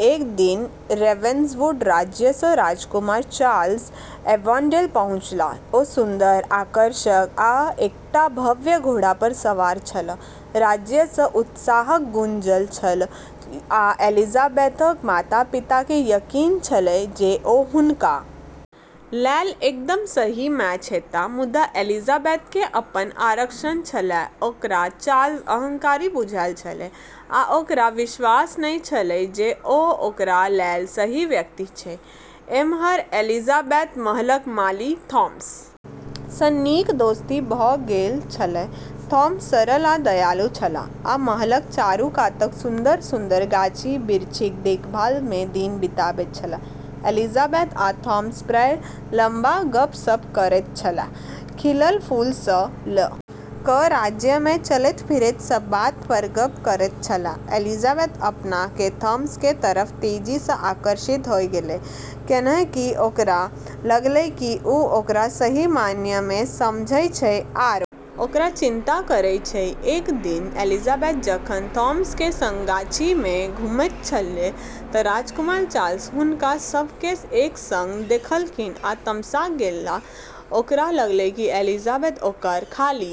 एक दिन रेवेन्सवुड राज्य सं राजकुमार चार्ल्स एवोन्डेल पहुंचलाह ओ सुन्दर, आकर्षक आ एकटा भव्य घोड़ा पर सवार छलाह, राज्य मे उत्साहक गूँजल छल आ एलिजाबेथक माता-पिता केँ यकीन छलनि जे ओ हुनका लेल एकदम सही मैच हेताह मुदा एलिजाबेथ के अपन आरक्षण छलैक ओकरा चार्ल्स अहंकारी बुझल छलैक आ ओकरा विश्वास नहि छलैक जे ओ ओकरा लेल सही व्यक्ति छैक, एम्हर एलिजाबेथ महलक माली थॉमस सँ नीक दोस्ती भ गेल छलीह, थॉमस सरल आ दयालु छलाह आ महलक चारूकातक सुन्दर-सुन्दर गाछी-बिरछीक देखभाल मे दिन बिताबैत छलाह, एलिजाबेथ आ थॉमस प्रायः लंबा गप्प-सप्प करैत छलाह, खिलल फूल सँ ल क राज्य मे चलैत-फिरैत सब बात पर गप्प करैत छलाह, एलिजाबेथ अपना के थॉमस के तरफ तेजी सें आकर्षित होय गेलै, कैन्हेंकि ओकरा लागलै कि उ ओकरा सही मायने में समझै छै आरो ओकरऽ चिंता करै छै, एक दिन एलिजाबेथ जखन थॉमस के संग गाछी में घुमैत छलीह त राजकुमार चार्ल्स हुनका सब के एक संग देखलखिन आ तमसा गेलाह ओकरा लागलै कि एलिजाबेथ ओकरा खाली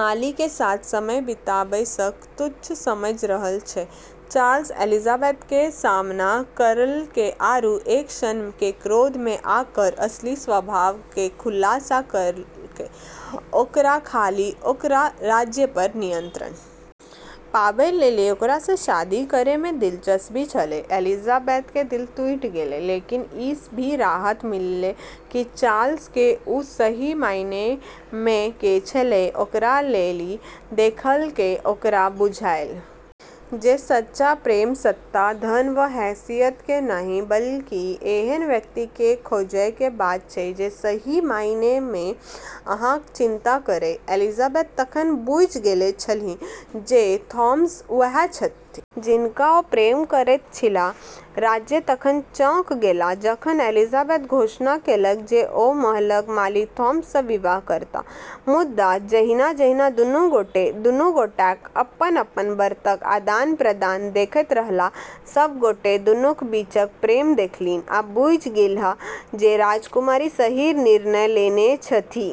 माली के साथ समय बिताबै सें तुच्छ समझी रहलऽ छै, चार्ल्स एलिजाबेथ के सामना करलकै आरू एक क्षण के क्रोध में ओकरऽ असली स्वभाव के खुलासा करलकै ओकरा खाली ओकरऽ राज्य पर नियंत्रण पाबै लेली ओकरा सें शादी करै में दिलचस्पी छेलै, एलिजाबेथ के दिल टूटी गेलै, लेकिन ई भी राहत मिललै कि चार्ल्स क उ सही मायने मे के छेलै ओकरा लेली देखलकै ओकरा बुझायल जे सच्चा प्रेम सत्ता, धन वा हैसियत के नहि बल्कि एहन व्यक्ति के खोजय के बात छै जे सही मायने में अहाँक चिंता करय, एलिजाबेथ तखन बुझि गेल छलीह जे थॉमस ओएह छथि जिनका ओ प्रेम करैत छलीह, राज्य तखन चौंक गेल जखन एलिजाबेथ घोषणा केलक जे ओ महलक माली थॉमस सँ विवाह करत, मुदा जहिना-जहिना दुनू गोटे दुनू गोटेकेँ अपन-अपन व्रतक आदान-प्रदान देखैत रहलाह, सभ गोटे दुनूक बीचक प्रेम देखलनि आ बुझि गेलाह जे राजकुमारी सही निर्णय लेने छथि।